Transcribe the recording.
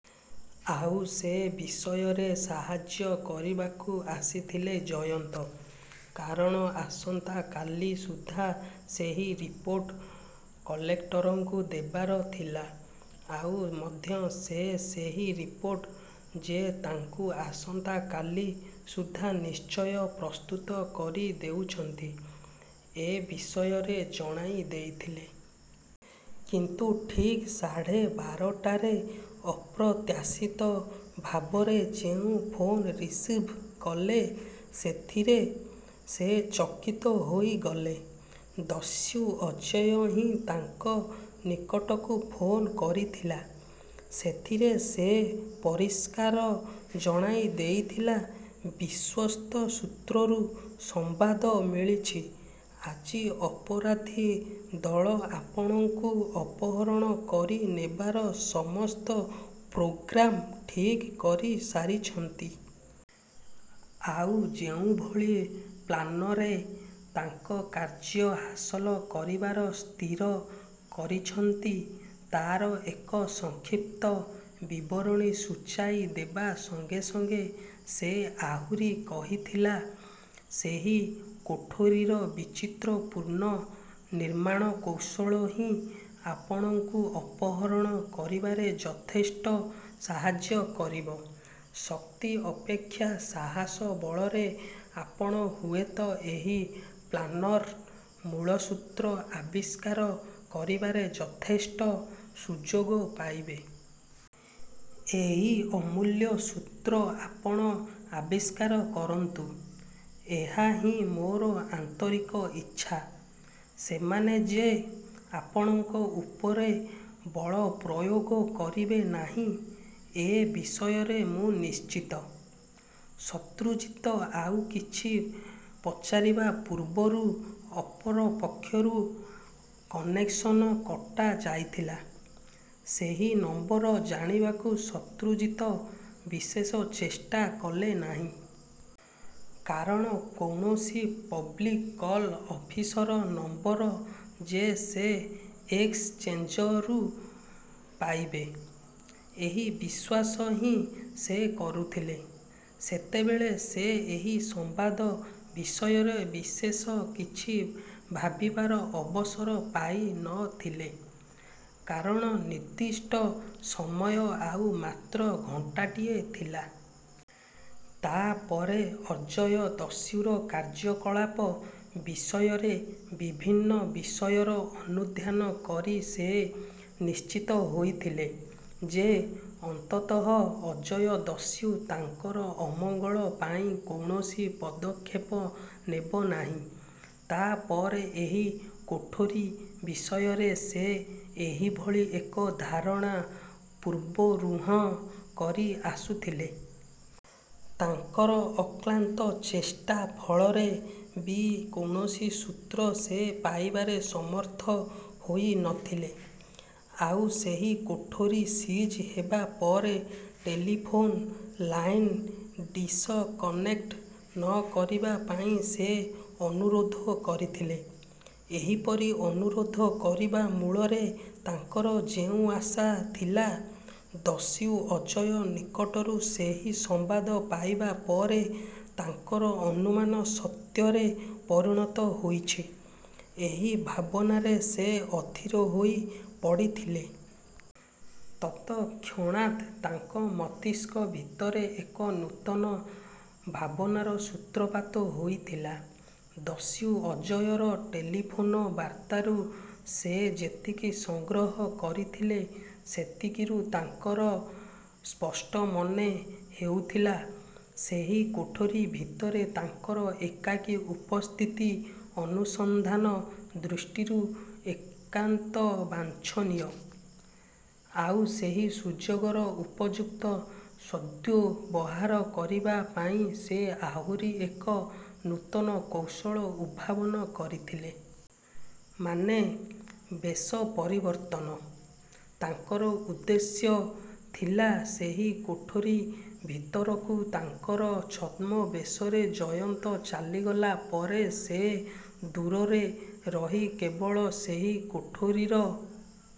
ଆଉ ସେ ବିଷୟରେ ସାହାଯ୍ୟ କରିବାକୁ ଆସିଥିଲେ ଜୟନ୍ତ। କାରଣ ଆସନ୍ତା କାଲି ସୁଦ୍ଧା ସେହି ରିପୋର୍ଟ କଲେକ୍ଟରଙ୍କୁ ଦେବାର ଥିଲା। ଆଉ ମଧ୍ୟ ସେ ସେହି ରିପୋର୍ଟ ଯେ ତାଙ୍କୁ ଆସନ୍ତା କାଲି ସୁଦ୍ଧା ନିଶ୍ଚୟ ପ୍ରସ୍ତୁତ କରି ଦେଉଛନ୍ତି, ଏ ବିଷୟରେ ଜଣାଇ ଦେଇଥିଲେ। କିନ୍ତୁ ଠିକ୍ ସାଢ଼େ ବାରଟାରେ ଅପ୍ରତ୍ୟାଶିତ ଭାବରେ ଯେଉଁ ଫୋନ୍ ରିସିଭ୍ କଲେ, ସେଥିରେ ସେ ଚକିତ ହୋଇଗଲେ। ଦସ୍ୟୁ ଅଜୟ ହିଁ ତାଙ୍କ ନିକଟକୁ ଫୋନ୍ କରିଥିଲା। ସେଥିରେ ସେ ପରିଷ୍କାର ଜଣାଇ ଦେଇଥିଲା-ବିଶ୍ୱସ୍ତସୂତ୍ରରୁ ସମ୍ବାଦ ମିଳିଛି, ଆଜି ଅପରାଧୀ ଦଳ ଆପଣଙ୍କୁ ଅପହରଣ କରି ନେବାର ସମସ୍ତ ପ୍ରୋଗ୍ରାମ୍ ଠିକ୍ କରି ସାରିଛନ୍ତି। ଆଉ ଯେଉଁଭଳି ପ୍ଲାନରେ ତାଙ୍କ କାର୍ଯ୍ୟ ହାସଲ କରିବାର ସ୍ଥିର କରିଛନ୍ତି, ତାର ଏକ ସଂକ୍ଷିପ୍ତ ବିବରଣୀ ସୂଚାଇ ଦେବା ସଙ୍ଗେ ସଙ୍ଗେ ସେ ଆହୁରି କହିଥିଲା, ସେହି କୋଠରିର ବିଚିତ୍ରପୂର୍ଣ୍ଣ ନିର୍ମାଣକୌଶଳ ହିଁ ଆପଣଙ୍କୁ ଅପହରଣ କରିବାରେ ଯଥେଷ୍ଟ ସାହାଯ୍ୟ କରିବ। ଶକ୍ତି ଅପେକ୍ଷା ସାହସ ବଳରେ ଆପଣ ହୁଏ ତ ଏହି ପ୍ଲାନର୍ ମୂଳସୂତ୍ର ଆବିଷ୍କାର କରିବାରେ ଯଥେଷ୍ଟ ସୁଯୋଗ ପାଇବେ। ଏହି ଅମୁଲ୍ୟ ସୂତ୍ର ଆପଣ ଆବିଷ୍କାର କରନ୍ତୁ, ଏହା ହିଁ ମୋର ଆନ୍ତରିକ ଇଚ୍ଛା। ସେମାନେ ଯେ ଆପଣଙ୍କ ଉପରେ ବଳପ୍ରୟୋଗ କରିବେ ନାହିଁ, ଏ ବିଷୟରେ ମୁଁ ନିଶ୍ଚିତ। ଶତ୍ରୁଜିତ ଆଉ କିଛି ପଚାରିବା ପୂର୍ବରୁ ଅପର ପକ୍ଷରୁ କନେକ୍ସନ କଟା ଯାଇଥିଲା। ସେହି ନମ୍ବର ଜାଣିବାକୁ ଶତ୍ରୁଜିତ ବିଶେଷ ଚେଷ୍ଟା କଲେ ନାହିଁ। କାରଣ କୌଣସି ପବ୍ଲିକ୍ କଲ୍ ଅଫିସର ନମ୍ବର ଯେ ସେ ଏକ୍ସଚେଞ୍ଜରୁ ପାଇବେ, ଏହି ବିଶ୍ୱାସ ହିଁ ସେ କରୁଥିଲେ। ସେତେବେଳେ ସେ ଏହି ସମ୍ବାଦ ବିଷୟରେ ବିଶେଷ କିଛି ଭାବିବାର ଅବସର ପାଇ ନ ଥିଲେ। କାରଣ ନିର୍ଦ୍ଦିଷ୍ଟ ସମୟ ଆଉ ମାତ୍ର ଘଣ୍ଟାଟିଏ ଥିଲା। ତା ପରେ ଅଜୟ ଦସ୍ୟୁର କାର୍ଯ୍ୟକଳାପ ବିଷୟରେ ବିଭିନ୍ନ ବିଷୟର ଅନୁଧ୍ୟାନ କରି ସେ ନିଶ୍ଚିତ ହୋଇଥିଲେ ଯେ, ଅନ୍ତତଃ ଅଜୟ ଦସ୍ୟୁ ତାଙ୍କର ଅମଙ୍ଗଳ ପାଇଁ କୌଣସି ପଦକ୍ଷେପ ନେବ ନାହିଁ। ତା ପରେ ଏହି କୋଠରି ବିଷୟରେ ସେ ଏହିଭଳି ଏକ ଧାରଣା ପୂର୍ବରୁହଁ କରି ଆସୁଥିଲେ। ତାଙ୍କର ଅକ୍ଳାନ୍ତ ଚେଷ୍ଟା ଫଳରେ ବି କୌଣସି ସୂତ୍ର ସେ ପାଇବାରେ ସମର୍ଥ ହୋଇ ନ ଥିଲେ। ଆଉ ସେହି କୋଠରି ସିଜ୍ ହେବା ପରେ ଟେଲିଫୋନ୍ ଲାଇନ୍ ଡିସକନେକ୍ଟ ନ କରିବା ପାଇଁ ସେ ଅନୁରୋଧ କରିଥିଲେ। ଏହିପରି ଅନୁରୋଧ କରିବା ମୂଳରେ ତାଙ୍କର ଯେଉଁ ଆଶା ଥିଲା, ଦସ୍ୟୁ ଅଜୟ ନିକଟରୁ ସେହି ସମ୍ବାଦ ପାଇବା ପରେ ତାଙ୍କର ଅନୁମାନ ସତ୍ୟରେ ପରିଣତ ହୋଇଛି, ଏହି ଭାବନାରେ ସେ ଅଧୀର ହୋଇ ପଡ଼ିଥିଲେ। ତତକ୍ଷଣାତ୍ ତାଙ୍କ ମସ୍ତିଷ୍କ ଭିତରେ ଏକ ନୂତନ ଭାବନାର ସୂତ୍ରପାତ ହୋଇଥିଲା। ଦସ୍ୟୁ ଅଜୟର ଟେଲିଫୋନ ବାର୍ତ୍ତାରୁ ସେ ଯେତିକି ସଂଗ୍ରହ କରିଥିଲେ; ସେତିକିରୁ ତାଙ୍କର ସ୍ପଷ୍ଟ ମନେ ହେଉଥିଲା, ସେହି କୋଠରି ଭିତରେ ତାଙ୍କର ଏକାକୀ ଉପସ୍ଥିତି ଅନୁସନ୍ଧାନ ଦୃଷ୍ଟିରୁ ଏକାନ୍ତ ବାଞ୍ଛନୀୟ। ଆଉ ସେହି ସୁଯୋଗର ଉପଯୁକ୍ତ ସଦ୍ବ୍ୟବହାର କରିବା ପାଇଁ ସେ ଆହୁରି ଏକ ନୂତନ କୌଶଳ ଉଦ୍ଭାବନ କରିଥିଲେ। ମାନେ, ବେଶ ପରିବର୍ତ୍ତନ। ତାଙ୍କର ଉଦ୍ଦେଶ୍ୟ ଥିଲା, ସେହି କୋଠରି ଭିତରକୁ ତାଙ୍କର ଛଦ୍ମବେଶରେ ଜୟନ୍ତ ଚାଲିଗଲା ପରେ ସେ ଦୂରରେ ରହି କେବଳ ସେହି କୋଠରିର